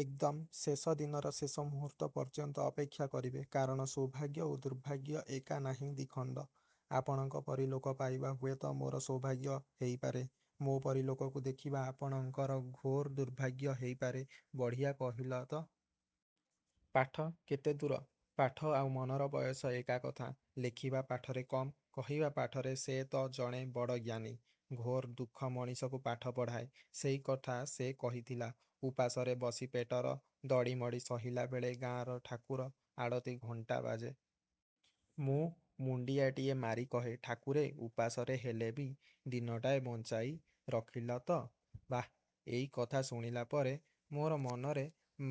ଏକଦମ୍ ଶେଷ ଦିନର ଶେଷ ମୁହୂର୍ତ୍ତ ପର୍ଯ୍ୟନ୍ତ ଅପେକ୍ଷା କରିବେ। କାରଣ ସୌଭାଗ୍ୟ ଓ ଦୁର୍ଭାଗ୍ୟ ଏକା ନାହିଁ ଦି'ଖଣ୍ଡ। ଆପଣଙ୍କ ପରି ଲୋକ ପାଇବା ହୁଏ ତ ମୋର ସୌଭାଗ୍ୟ ହେଇପାରେ। ମୋ'ପରି ଲୋକକୁ ଦେଖିବା ଆପଣଙ୍କର ଘୋର ଦୁର୍ଭାଗ୍ୟ ହେଇପାରେ। –ବଢ଼ିଆ କହିଲା ତ। ପାଠ କେତେ ଦୂର? –ପାଠ ଆଉ ମନର ବୟସ ଏକା କଥା। ଲେଖିବା ପାଠରେ କମ୍। କହିବା ପାଠରେ ସେ ତ ଜଣେ ବଡ଼ ଜ୍ଞାନୀ। ଘୋର ଦୁଃଖ ମଣିଷକୁ ପାଠ ପଢ଼ାଏ। ସେଇ କଥା ସେ କହିଥିଲା–ଉପାସରେ ବସି ପେଟର ଦଡ଼ିମଡ଼ି ସହିଲା ବେଳେ ଗାଁର ଠାକୁର ଆଳତି ଘଣ୍ଟା ବାଜେ। ମୁଁ ମୁଣ୍ଡିଆଟିଏ ମାରି କହେ–ଠାକୁରେ! ଉପାସରେ ହେଲେ ବି ଦିନଟାଏ ବଞ୍ଚାଇ ରଖିଲ ତ। –ବାଃ। –ଏଇ କଥା ଶୁଣିଲା ପରେ ମୋର ମନରେ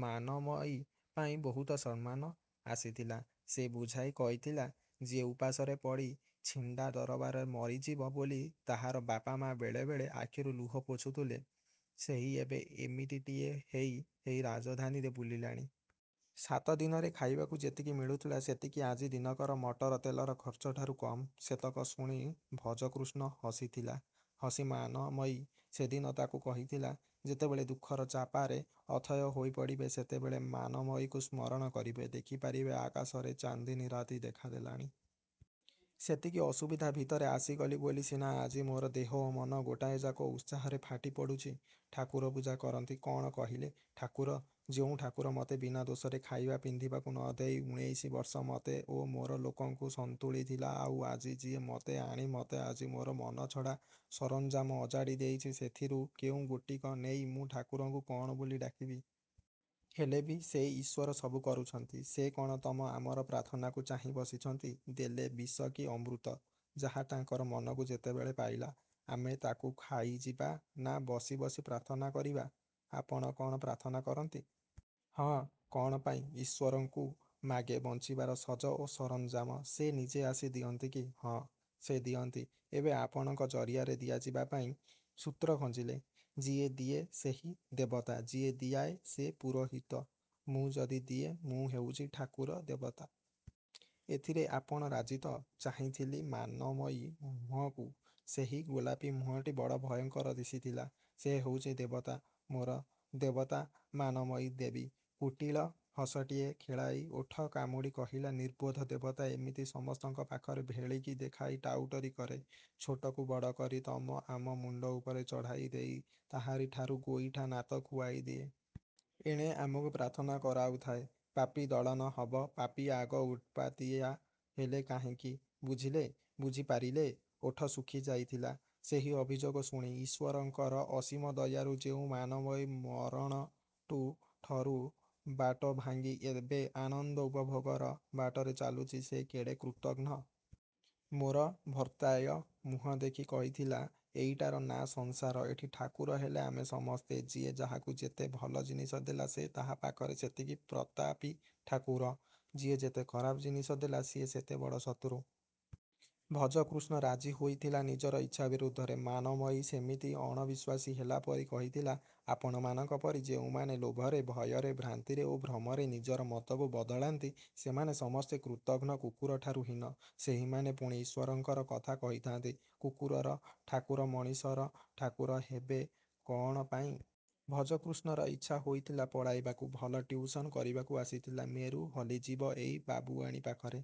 ମାନମୟୀ ପାଇଁ ବହୁତ ସମ୍ମାନ। ଆସିଥିଲା-। ସେ ବୁଝାଇ କହିଥିଲା–ଯିଏ ଉପାସରେ ପଡ଼ି ଛିଣ୍ଡା ଦରବାରେ ମରିଯିବ ବୋଲି ତାହାର ବାପା ମା ବେଳେବେଳେ ଆଖିରୁ ଲୁହ ପୋଛୁଥିଲେ ସେହି ଏବେ ଏମିତିଟିଏ ହେଇ ଏଇ ରାଜଧାନୀରେ ବୁଲିଲାଣି। ସାତଦିନରେ ଖାଇବାକୁ ଯେତିକି ମିଳୁଥିଲା ସେତିକି ଆଜି ଦିନକର ମଟର ତେଲର ଖର୍ଚ୍ଚଠାରୁ କମ୍। ସେତକ ଶୁଣି ଭଜକୃଷ୍ଣ ହସିଥିଲା। ହସି ମାନମୟୀ ସେଦିନ ତା'କୁ କହିଥିଲା–ଯେତେବେଳେ ଦୁଃଖର ଚାପାରେ ଅଥୟ ହୋଇପଡ଼ିବେ ସେତେବେଳେ ମାନମୟୀକୁ ସ୍ମରଣ କରିବେ। ଦେଖି ପାରିବେ ଆକାଶରେ ଚାନ୍ଦିନୀରାତି ଦେଖା ଦେଲାଣି। ସେତିକି ଅସୁବିଧା ଭିତରେ ଆସିଗଲି ବୋଲି ସିନା ଆଜି ମୋର ଦେହ ଓ ମନ ଗୋଟାଏ ଯାକ ଉତ୍ସାହରେ ଫାଟି ପଡ଼ୁଛି। –ଠାକୁର ପୂଜା କରନ୍ତି? –କ'ଣ କହିଲେ? ଠାକୁର? ଯେଉଁ ଠାକୁର ମତେ ବିନା ଦୋଷରେ ଖାଇବା ପିନ୍ଧିବାକୁ ନ ଦେଇ ଉଣେଇଶି ବର୍ଷ ମତେ ଓ ମୋର ଲୋକଙ୍କୁ ସନ୍ତୁଳିଥିଲା ଆଉ ଆଜି ଯିଏ ମତେ ଆଣି ମତେ ଆଜି ମୋର ମନଛଡ଼ା ସରଞ୍ଜାମ ଅଜାଡ଼ି ଦେଇଛି ସେଥିରୁ କେଉଁଗୋଟିକ ନେଇ ମୁଁ ଠାକୁରଙ୍କୁ କ'ଣ ବୋଲି ଡାକିବି? –ହେଲେ ବି ସେଇ ଈଶ୍ୱର ସବୁ କରୁଛନ୍ତି। –ସେ କ'ଣ ତମ ଆମର ପ୍ରାର୍ଥନାକୁ ଚାହିଁ ବସିଛନ୍ତି। ଦେଲେ ବିଷ କି ଅମୃତ ଯାହା ତାଙ୍କର ମନକୁ ଯେତେବେଳେ ପାଇଲା। ଆମେ ତା'କୁ ଖାଇଯିବା ନା ବସି ବସି ପ୍ରାର୍ଥନା କରିବା-? ଆପଣ କ'ଣ ପ୍ରାର୍ଥନା କରନ୍ତି? –ହଁ। –କ'ଣ ପାଇଁ? –ଈଶ୍ୱରଙ୍କୁ ମାଗେ ବଞ୍ଚିବାର ସଜ ଓ ସରଞ୍ଜାମ। –ସେ ନିଜେ ଆସି ଦିଅନ୍ତି କି? –ହଁ, ସେ ଦିଅନ୍ତି। ଏବେ ଆପଣଙ୍କ ଜରିଆରେ ଦିଆଯିବା ପାଇଁ ସୂତ୍ର ଖଞ୍ଜିଲେ। –ଯିଏ ଦିଏ ସେହି ଦେବତା। ଯିଏ ଦିଆଏ ସେ ପୁରୋହିତ। ମୁଁ ଯଦି ଦିଏ ମୁଁ ହେଉଛି ଠାକୁର–ଦେବତା। ଏଥିରେ ଆପଣ ରାଜି ତ? –ଚାହିଁଥିଲି ମାନମୟୀ ମୁହଁକୁ। ସେହି ଗୋଲାପୀ ମୁହଁଟି ବଡ଼ ଭୟଙ୍କର ଦିଶିଥିଲା। ସେ ହେଉଛି ଦେବତା–ମୋର ଦେବତା–ମାନମୟୀ ଦେବୀ। କୁଟିଳ ହସଟିଏ ଖେଳାଇ ଓଠ କାମୁଡ଼ି କହିଲା–ନିର୍ବୋଧ ଦେବତା ଏମିତି ସମସ୍ତଙ୍କ ପାଖରେ ଭେଳିକି ଦେଖାଇ ଟାଉଟରି କରେ। ଛୋଟକୁ ବଡ଼ କରି ତମ ଆମ ମୁଣ୍ଡ ଉପରେ ଚଢ଼ାଇ ଦେଇ ତାହାରିଠାରୁ ଗୋଇଠା ନାତ ଖୁଆଇ ଦିଏ। ଏଣେ ଆମକୁ ପ୍ରାର୍ଥନା କରାଉଥାଏ। ପାପୀ–ଦଳନ ହବ–ପାପୀ ଆଗ ଉତ୍ପାତିଆ ହେଲେ କାହିଁକି? –ବୁଝିଲେ? ବୁଝି ପାରିଲେ? –ଓଠ ଶୁଖି ଯାଇଥିଲା ସେହି ଅଭିଯୋଗ ଶୁଣି। ଈଶ୍ୱରଙ୍କର ଅସୀମ ଦୟାରୁ ଯେଉଁ ମାନମୟୀ ମରଣଟୁ ଠରୁ ବାଟ ଭାଙ୍ଗି ଏବେ ଆନନ୍ଦ ଉପଭୋଗର ବାଟରେ ଚାଲୁଚି ସେ କେଡ଼େ କୃତଘ୍ନ। –ମୋର ଭର୍ତାୟ ମୁହଁ ଦେଖି କହିଥିଲା ଏଇଟାର ନାଁ ସଂସାର, ଏଠି ଠାକୁର ହେଲେ ଆମେ ସମସ୍ତେ। ଯିଏ ଯାହାକୁ ଯେତେ ଭଲ ଜିନିଷ ଦେଲା ସେ ତାହା ପାଖରେ ସେତିକି ପ୍ରତାପୀ ଠାକୁର। ଯିଏ ଯେତେ ଖରାପ ଜିନିଷ ଦେଲା ସିଏ ସେତେ ବଡ଼ ଶତ୍ରୁ। ଭଜକୃଷ୍ଣ ରାଜି ହୋଇଥିଲା ନିଜର ଇଛା ବିରୁଦ୍ଧରେ। ମାନମୟୀ ସେମିତି ଅଣବିଶ୍ୱାସୀ ହେଲାପରି କହିଥିଲା–ଆପଣମାନଙ୍କ ପରି ଯେଉଁମାନେ ଲୋଭରେ, ଭୟରେ, ଭ୍ରାନ୍ତିରେ ଓ ଭ୍ରମରେ ନିଜର ମତକୁ ବଦଳାନ୍ତି ସେମାନେ ସମସ୍ତେ କୃତଘ୍ନ–କୁକୁରଠାରୁ ହୀନ। ସେହିମାନେ ପୁଣି ଈଶ୍ୱରଙ୍କର କଥା କହିଥାନ୍ତି। କୁକୁରର ଠାକୁର ମଣିଷର ଠାକୁର ହେବେ କ'ଣ ପାଇଁ? ଭଜକୃଷ୍ଣର ଇଚ୍ଛା ହୋଇଥିଲା ପଳାଇବାକୁ–ଭଲ ଟିଉସନ୍ କରିବାକୁ ଆସିଥିଲା। ମେରୁ ହଲିଯିବ ଏଇ ବାବୁଆଣୀ ପାଖରେ।